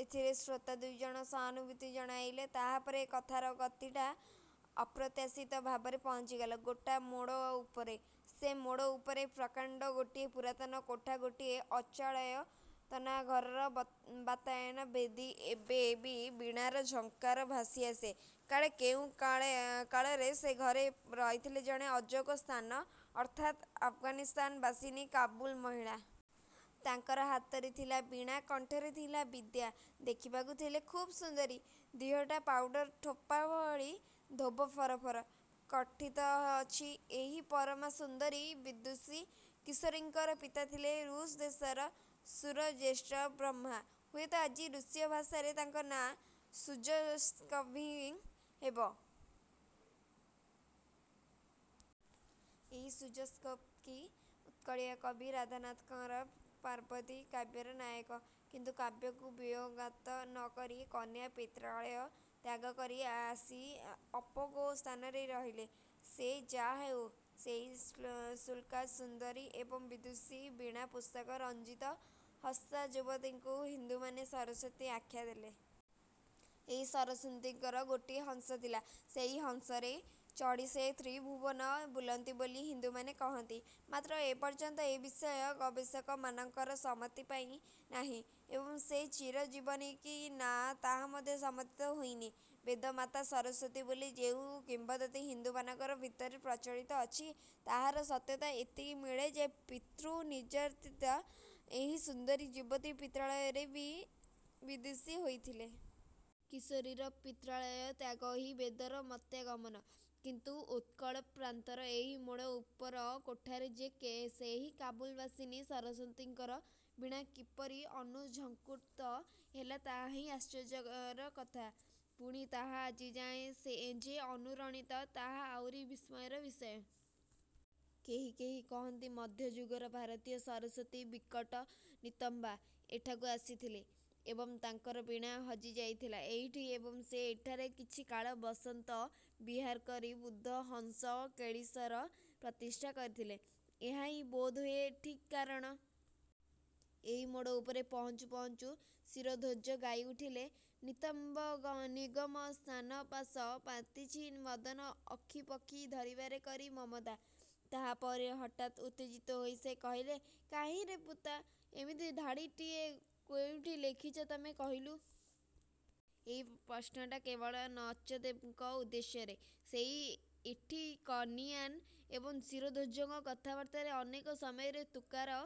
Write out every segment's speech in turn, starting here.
ଏଥିରେ ଶ୍ରୋତା ଦୁଇଜଣ ସହାନୁଭୂତି ଜଣାଇଲେ। ତାହାପରେ କଥାର ଗତିଟା ଅପ୍ରତ୍ୟାଶିତ ଭାବରେ ପହଞ୍ଚିଗଲା ଗୋଟା ମୋଡ଼ ଉପରେ। ସେ ମୋଡ଼ ଉପରେ ପ୍ରକାଣ୍ଡ ଗୋଟିଏ ପୁରାତନ କୋଠା–ଗୋଟିଏ ଅଚଳାୟତନା ଘରର ବାତାୟନ ଭେଦି ଏବେ ବି ବୀଣାର ଝଙ୍କାର ଭାସି ଆସେ। କାଳେ କେଉଁ କାଳରେ ସେ ଘରେ ରହିଥିଲେ ଜଣେ ଅପୋଗ ସ୍ଥାନ ଅର୍ଥାତ୍ ଆଫଗାନିସ୍ଥାନ ବାସିନୀ କାବୁଲ ମହିଳା। ତାଙ୍କର ହାତରେ ଥିଲା ବୀଣା, କଣ୍ଠରେ ଥିଲା ବିଦ୍ୟା। ଦେଖିବାକୁ ଥିଲେ ଖୁବ୍ ସୁନ୍ଦରୀ। ଦିହଟା ପାଉଡ଼ର ଥୋପା ଭଳି ଧୋବ ଫରଫର। କଥିତ ଅଛି, ଏହି ପରମା ସୁନ୍ଦରୀ ବିଦୂଷୀ କିଶୋରୀଙ୍କର ପିତା ଥିଲେ ରୁଷ ଦେଶର ସୁରଜ୍ୟେଷ୍ଠ ବ୍ରହ୍ମା। ହୁଏତ ଆଜି ରୁଷୀୟ ଭାଷାରେ ତାଙ୍କ ନାଁ ସୁଜୋଷ୍କୋଭ୍ସ୍କି ହେବ। ଏହି ସୁଜୋଷ୍କୋଭ୍ସ୍କି ଉତ୍କଳୀୟ କବି ରାଧାନାଥଙ୍କର ପାର୍ବତୀ କାବ୍ୟର ନାୟକ। କିନ୍ତୁ କାବ୍ୟକୁ ବିୟୋଗାନ୍ତ ନ କରି କନ୍ୟା ପିତ୍ରାଳୟ ତ୍ୟାଗ କରି ଆସି ଅପୋଗ–ସ୍ଥାନରେ ରହିଲେ। ସେ ଯାହାହେଉ, ସେହି ଶୁକ୍ଳା ସୁନ୍ଦରୀ ଏବଂ ବିଦୂଷୀ ବୀଣା ପୁସ୍ତକ ରଞ୍ଜିତ ହସ୍ତା ଯୁବତୀକୁ ହିନ୍ଦୁମାନେ ସରସ୍ୱତୀ ଆଖ୍ୟା ଦେଲେ। ଏହି ସରସ୍ଵତୀଙ୍କର ଗୋଟିଏ ହଂସ ଥିଲା, ସେହି ହଂସରେ ଚଢ଼ି ସେ ତ୍ରିଭୁବନ ବୁଲନ୍ତି ବୋଲି ହିନ୍ଦୁମାନେ କହନ୍ତି। ମାତ୍ର ଏ ପର୍ଯ୍ୟନ୍ତ ଏ ବିଷୟ ଗବେଷକମାନଙ୍କର ସମ୍ମତି ପାଇ ନାହିଁ ଏବଂ ସେ ଚିରଜୀବନୀ କି ନା, ତାହା ମଧ୍ୟ ସମର୍ଥିତ ହୋଇନି। "ବେଦମାତା ସରସ୍ଵତୀ" ବୋଲି ଯେଉଁ କିମ୍ବଦନ୍ତୀ ହିନ୍ଦୁମାନଙ୍କ ଭିତରେ ପ୍ରଚଳିତ ଅଛି, ତାହାର ସତ୍ୟତା ଏତିକି ମିଳେ ଯେ, ପିତୃ-ନିର୍ଯାତିତା ଏହି ସୁନ୍ଦରୀ ଯୁବତୀ ପିତ୍ରାଳୟରେ ହିଁ ବିଦୂଷୀ ହୋଇଥିଲେ। କିଶୋରୀର ପିତ୍ରାଳୟ ତ୍ୟାଗହିଁ ବେଦର ମର୍ତ୍ତ୍ୟାଗମନ। କିନ୍ତୁ ଉତ୍କଳ ପ୍ରାନ୍ତର ଏହି ମୋଡ଼ ଉପର କୋଠାରେ ଯେ ସେହି କାବୁଲବାସିନୀ ସରସ୍ଵତୀଙ୍କର ବୀଣା କିପରି ଅନୁଝଙ୍କୃତ ହେଲା ତାହାହିଁ ଆଶ୍ଚର୍ଯ୍ୟର କଥା। ପୁଣି ତାହା ଆଜି ଯାଏ ଯେ ଅନୁରଣିତ, ତାହା ଆହୁରି ବିସ୍ମୟର ବିଷୟ। କେହି କେହି କହନ୍ତି, ମଧ୍ୟ ଯୁଗର ଭାରତୀୟ ସରସ୍ଵତୀ 'ବିକଟ ନିତମ୍ବା' ଏଠାକୁ ଆସିଥିଲେ; ଏବଂ ତାଙ୍କର ବୀଣା ହଜି ଯାଇଥିଲା ଏଇଠି ଏବଂ ସେ ଏଠାରେ କିଛିକାଳ ବସନ୍ତ ବିହାର କରି 'ବୁଧ ହଂସ କେଳିସର' ପ୍ରତିଷ୍ଠା କରିଥିଲେ। ଏହାହିଁ ବୋଧହୁଏ ଠିକ୍ କାରଣ। ଏହି ମୋଡ଼ ଉପରେ ପହଞ୍ଚୁ ପହଞ୍ଚୁ ଶିରଧ୍ୱଜ ଗାଇ ଉଠିଲେ... ନିତମ୍ବ ନିଗମ ସ୍ଥାନ ପାଶ ପାତିଛି ମଦନ ଅକ୍ଷୀ ପକ୍ଷୀ ଧରିବାରେ କରି ମମତା... ତାହାପରେ ହଠାତ୍ ଉତ୍ତେଜିତ ହୋଇ ସେ କହିଲେ। "କାହିଁରେ ପୂତା, ଏମିତି ଧାଡ଼ିଟାଏ କୋଉଠି ଲେଖିଛ ତମେ କହିଲୁ? " ଏ ପ୍ରଶ୍ନଟା କେବଳ ନଚଦେବଙ୍କ ଉଦ୍ଦେଶ୍ୟରେ। ସେହି ଏଠି କନୀୟାନ ଏବଂ ଶିରଧ୍ୱଜଙ୍କ କଥାବାର୍ତ୍ତାରେ ଅନେକ ସମୟରେ ତୁକାର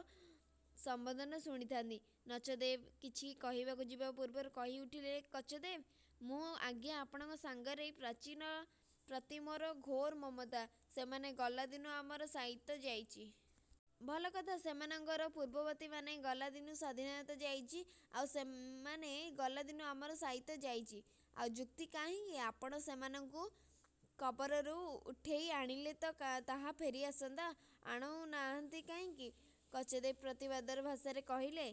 ସମ୍ବୋଧନ ଶୁଣିଥାନ୍ତି। ନଚଦେବ କିଛି କହିବାକୁ ଯିବା ପୂର୍ବରୁ କହି ଉଠିଲେ କଚଦେବ... "ମୁଁ ଆଜ୍ଞା ଆପଣଙ୍କ ସାଙ୍ଗରେ। ପ୍ରାଚୀନ ପ୍ରତି ମୋର ଘୋର ମମତା, ସେମାନେ ଗଲାଦିନୁ ଆମର ସାହିତ୍ୟ ଯାଇଛି। " "ଭଲ କଥା, ସେମାନଙ୍କର ପୂର୍ବବର୍ତ୍ତୀମାନେ ଗଲାଦିନୁ ସ୍ୱାଧୀନତା ଯାଇଛି, ଆଉ ସେମାନେ ଗଲାଦିନୁ ଆମର ସାହିତ୍ୟ ଯାଇଛି। ଆଉ ଯୁକ୍ତି କାହିଁକି... ଆପଣ ସେମାନଙ୍କୁ କବରରୁ ଉଠେଇ ଆଣିଲେ ତ ତାହା ଫେରି ଆସନ୍ତା... ଆଣୁ ନାହାନ୍ତି କାହିଁକି? " କଚଦେବ ପ୍ରତିବାଦର ଭାଷାରେ କହିଲେ...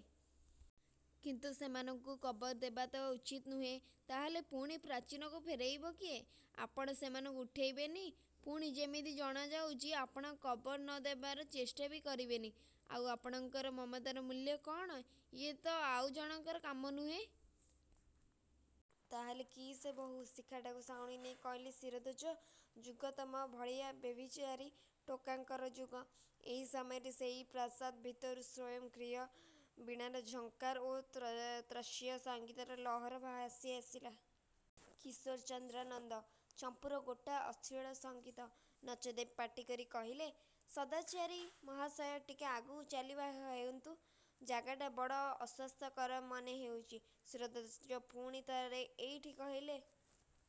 "କିନ୍ତୁ ସେମାନଙ୍କୁ କବର ଦେବାତ ଉଚିତ ନୁହେଁ! " "ତା ହେଲେ ପୁଣି ପ୍ରାଚୀନକୁ ଫେରେଇବ କିଏ, ଆପଣ ସେମାନଙ୍କୁ ଉଠେଇବେ ନି, ପୁଣି ଯେମିତି ଜଣାଯାଉଚି ଆପଣ କବର ନ ଦେବାର ଚେଷ୍ଟାବି କରିବେନି... ଆଉ ଆପଣଙ୍କର ମମତାର ମୂଲ୍ୟ କଣ? " "ଇଏତ ଆଉ ଜଣକର କାମ ନୁହେଁ? " "ତା ହେଲେ... କିଏ ସେ ବହୁ...? " ଶିଖାଟାକୁ ସାଉଁଳି ନେଇ କହିଲେ ଶିରଧ୍ୱଜ... "ଯୁଗ... ତମ ଭଳିଆ ବ୍ୟଭିଚାରୀ ଟୋକାଙ୍କର ଯୁଗ!! " ଏହି ସମୟରେ ସେହି ପ୍ରାସାଦ ଭିତରୁ ସ୍ୱୟଂକ୍ରୀୟ ବୀଣାର ଝଙ୍କାର ଓ ତତ୍ସହ ସଙ୍ଗୀତର ଲହର ଭାସି ଆସିଲା। କିଶୋର ଚନ୍ଦ୍ରାନନ୍ଦ ଚମ୍ପୂର ଗୋଟା ଅଶ୍ଳୀଳ ସଙ୍ଗୀତ। ନଚଦେବ ପାଟି କରି କହିଲେ। "ସଦାଚାରୀ ମହାଶୟ, ଟିକେ ଆଗକୁ ଚାଲିବା ହେଉନ୍ତୁ। ଜାଗାଟା ବଡ଼ ଅସ୍ୱାସ୍ଥ୍ୟକର ମନେ ହେଉଚି। " ଶିରଧ୍ୱଜ ପୁଣି ଥରେ ଏଇଠି କହିଲେ.